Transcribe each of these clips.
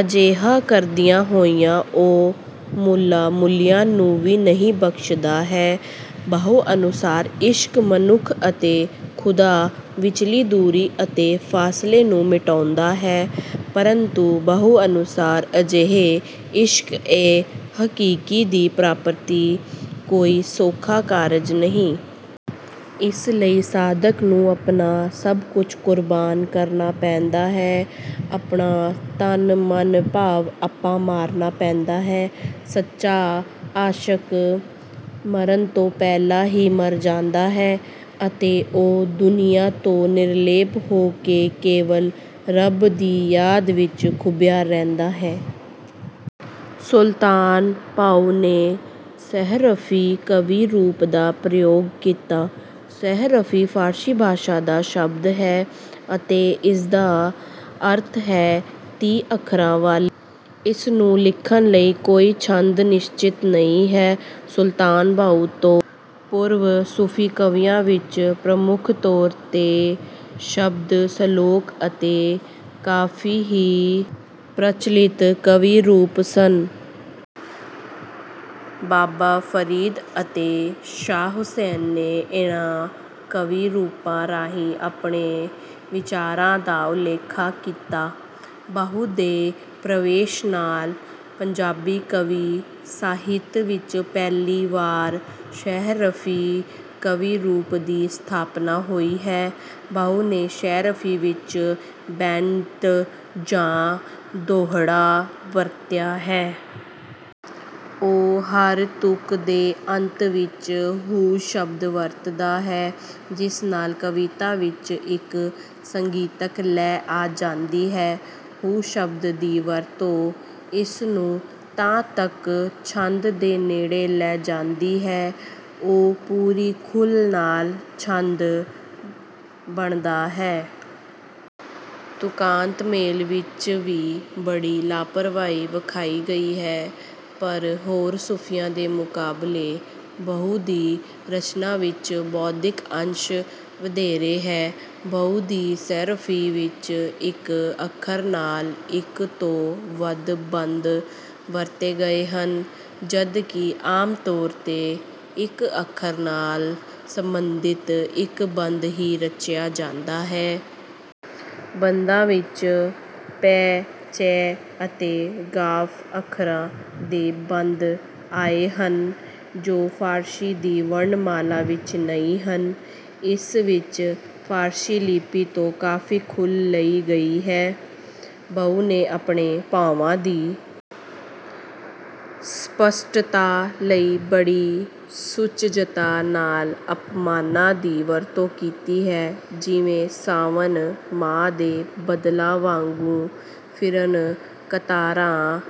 ਅਜਿਹਾ ਕਰਦਿਆਂ ਹੋਇਆ ਉਹ ਮੁੱਲਾ ਮੁਲਇਆ ਨੂੰ ਵੀ ਨਹੀਂ ਬਖਸ਼ਦਾ ਹੈ। ਬਾਹੂ ਅਨੁਸਾਰ ਇਸ਼ਕ ਮਨੁੱਖ ਅਤੇ ਖੁਦਾ ਵਿਚਲੀ ਦੂਰੀ ਅਤੇ ਫਾਸਲੇ ਨੂੰ ਮਿਟਾਉਂਦਾ ਹੈ। ਪਰੰਤੂ ਬਾਹੂ ਅਨੁਸਾਰ ਅਜਿਹੇ ਇਸ਼ਕ-ਏ-ਹਕੀਕੀ ਦੀ ਪ੍ਰਾਪਤੀ ਕੋਈ ਸੌਖਾ ਕਾਰਜ ਨਹੀਂ। ਇਸ ਲਈ ਸਾਧਕ ਨੂੰ ਆਪਣਾ ਸਭ ਕੁਝ ਕੁਰਬਾਨ ਕਰਨਾ ਪੈਂਦਾ ਹੈ, ਆਪਣਾ ਤਨ-ਮਨ ਭਾਵ ਆਪਾ ਮਾਰਨਾ ਪੈਂਦਾ ਹੈ। ਸੱਚਾ ਆਸ਼ਕ ਮਰਨ ਤੋਂ ਪਹਿਲਾਂ ਹੀ ਮਰ ਜਾਂਦਾ ਹੈ ਅਤੇ ਉਹ ਦੁਨੀਆ ਤੋਂ ਨਿਰਲੇਪ ਹੋ ਕੇ ਕੇਵਲ ਰੱਬ ਦੀ ਯਾਦ ਵਿੱਚ ਖੁੱਭਿਆ ਰਹਿੰਦਾ ਹੈ। ਸੁਲਤਾਨ ਬਾਹੂ ਨੇ 'ਸੀਹਰਫ਼ੀ' ਕਾਵਿ-ਰੂਪ ਦਾ ਪ੍ਰਯੋਗ ਕੀਤਾ। 'ਸੀਹਰਫ਼ੀ' ਫ਼ਾਰਸੀ ਭਾਸ਼ਾ ਦਾ ਸ਼ਬਦ ਹੈ ਅਤੇ ਇਸਦਾ ਅਰਥ ਹੈ 'ਤੀਹ ਅੱਖਰਾਂ ਵਾਲੀ'। ਇਸਨੂੰ ਲਿਖਣ ਲਈ ਕੋਈ ਛੰਦ ਨਿਸ਼ਚਿਤ ਨਹੀਂ ਹੈ। ਸੁਲਤਾਨ ਬਾਹੂ ਤੋਂ ਪੂਰਵ ਸੂਫੀ ਕਵੀਆਂ ਵਿੱਚ ਪ੍ਰਮੁੱਖ ਤੌਰ 'ਤੇ ਸ਼ਬਦ, ਸ਼ਲੋਕ ਅਤੇ ਕਾਫ਼ੀ ਹੀ ਪ੍ਰਚਲਿਤ ਕਾਵਿ-ਰੂਪ ਸਨ। ਬਾਬਾ ਫ਼ਰੀਦ ਅਤੇ ਸ਼ਾਹ ਹੁਸੈਨ ਨੇ ਇਨ੍ਹਾਂ ਕਾਵਿ ਰੂਪਾਂ ਰਾਹੀਂ ਆਪਣੇ ਵਿਚਾਰਾਂ ਦਾ ਉਲੇਖਾ ਕੀਤਾ। ਬਾਹੂ ਦੇ ਪ੍ਰਵੇਸ਼ ਨਾਲ ਪੰਜਾਬੀ ਕਾਵਿ ਸਾਹਿਤ ਵਿੱਚ ਪਹਿਲੀ ਵਾਰ 'ਸੀਹਰਫ਼ੀ' ਕਾਵਿ ਰੂਪ ਦੀ ਸਥਾਪਨਾ ਹੋਈ ਹੈ। ਬਾਹੂ ਨੇ 'ਸੀਹਰਫ਼ੀ' ਵਿੱਚ ਬੈਂਤ ਜਾਂ ਦੋਹੜਾ ਵਰਤਿਆ ਹੈ। ਉਹ ਹਰ ਤੁਕ ਦੇ ਅੰਤ ਵਿੱਚ 'ਹੂ' ਸ਼ਬਦ ਵਰਤਦਾ ਹੈ, ਜਿਸ ਨਾਲ ਕਵਿਤਾ ਵਿੱਚ ਇੱਕ ਸੰਗੀਤਕ ਲੈ ਆ ਜਾਂਦੀ ਹੈ। 'ਹੂ' ਸ਼ਬਦ ਦੀ ਵਰਤੋਂ ਇਸਨੂੰ 'ਤਾਟਕ' ਛੰਦ ਦੇ ਨੇੜੇ ਲੈ ਜਾਂਦੀ ਹੈ। ਉਹ ਪੂਰੀ ਖੁੱਲ੍ਹ ਨਾਲ ਛੰਦ ਬੰਨ੍ਹਦਾ ਹੈ। ਤੁਕਾਂਤ ਮੇਲ ਵਿੱਚ ਵੀ ਬੜੀ ਲਾਪਰਵਾਹੀ ਵਿਖਾਈ ਗਈ ਹੈ। ਪਰ ਹੋਰ ਸੂਫ਼ੀਆਂ ਦੇ ਮੁਕਾਬਲੇ ਬਾਹੂ ਦੀ ਰਚਨਾ ਵਿੱਚ ਬੌਧਿਕ ਅੰਸ਼ ਵਧੇਰੇ ਹੈ। ਬਾਹੂ ਦੀ 'ਸੀਹਰਫ਼ੀ' ਵਿੱਚ ਇੱਕ ਅੱਖਰ ਨਾਲ ਇੱਕ ਤੋਂ ਵੱਧ ਬੰਦ ਵਰਤੇ ਗਏ ਹਨ, ਜਦ ਕਿ ਆਮ ਤੌਰ 'ਤੇ ਇੱਕ ਅੱਖਰ ਨਾਲ ਸੰਬੰਧਿਤ ਇੱਕ ਬੰਦ ਹੀ ਰਚਿਆ ਜਾਂਦਾ ਹੈ। ਬੰਦਾਂ ਵਿੱਚ 'ਪੇ', 'ਚੇ' ਅਤੇ 'ਗ਼ਾਫ਼' ਅੱਖਰਾਂ ਦੇ ਬੰਦ ਆਏ ਹਨ, ਜੋ ਫ਼ਾਰਸੀ ਦੀ ਵਰਣਮਾਲਾ ਵਿੱਚ ਨਹੀਂ ਹਨ। ਇਸ ਵਿੱਚ ਫ਼ਾਰਸੀ ਲਿਪੀ ਤੋਂ ਕਾਫ਼ੀ ਖੁੱਲ੍ਹ ਲਈ ਗਈ ਹੈ। ਬਾਹੂ ਨੇ ਆਪਣੇ ਭਾਵਾਂ ਦੀ ਸਪਸ਼ਟਤਾ ਲਈ ਬੜੀ ਸੁਚੱਜਤਾ ਨਾਲ ਉਪਮਾਨਾਂ ਦੀ ਵਰਤੋਂ ਕੀਤੀ ਹੈ, ਜਿਵੇਂ 'ਸਾਵਣ ਮਾਹ ਦੇ ਬਦਲਾਂ ਵਾਂਗੂ, ਫਿਰਨ ਕਤਾਰਾਂ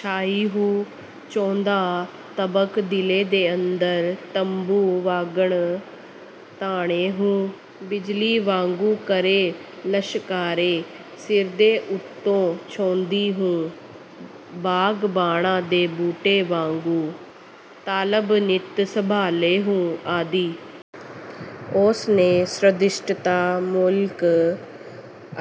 ਛਾਈ ਹੂ', 'ਚੌਦਾਂ ਤਬਕ ਦਿਲੇ ਦੇ ਅੰਦਰ, ਤੰਬੂ ਵਾਂਗਣ ਤਾਣੇ ਹੂ', 'ਬਿਜਲੀ ਵਾਂਗੂ ਕਰੇ ਲਸ਼ਕਾਰੇ, ਸਿਰ ਦੇ ਉੱਤੋਂ ਝੋਂਦੀ ਹੂ', 'ਬਾਗਬਾਨਾਂ ਦੇ ਬੂਟੇ ਵਾਂਗੂ, ਤਾਲਬ ਨਿਤ ਸੰਭਾਲੇ ਹੂ' ਆਦਿ। ਉਸਨੇ ਸਦ੍ਰਿਸ਼ਤਾ-ਮੂਲਕ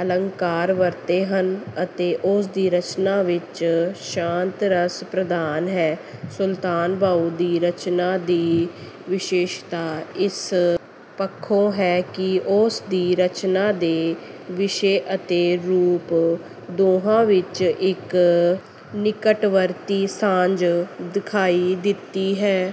ਅਲੰਕਾਰ ਵਰਤੇ ਹਨ ਅਤੇ ਉਸਦੀ ਰਚਨਾ ਵਿੱਚ ਸ਼ਾਂਤ ਰਸ ਪ੍ਰਧਾਨ ਹੈ। ਸੁਲਤਾਨ ਬਾਹੂ ਦੀ ਰਚਨਾ ਦੀ ਵਿਸ਼ੇਸ਼ਤਾ ਇਸ ਪੱਖੋਂ ਹੈ ਕਿ ਉਸ ਦੀ ਰਚਨਾ ਦੇ ਵਿਸ਼ੇ ਅਤੇ ਰੂਪ ਦੋਹਾਂ ਵਿੱਚ ਇੱਕ ਨਿਕਟਵਰਤੀ ਸਾਂਝ ਦਿਖਾਈ ਦਿੱਤੀ ਹੈ।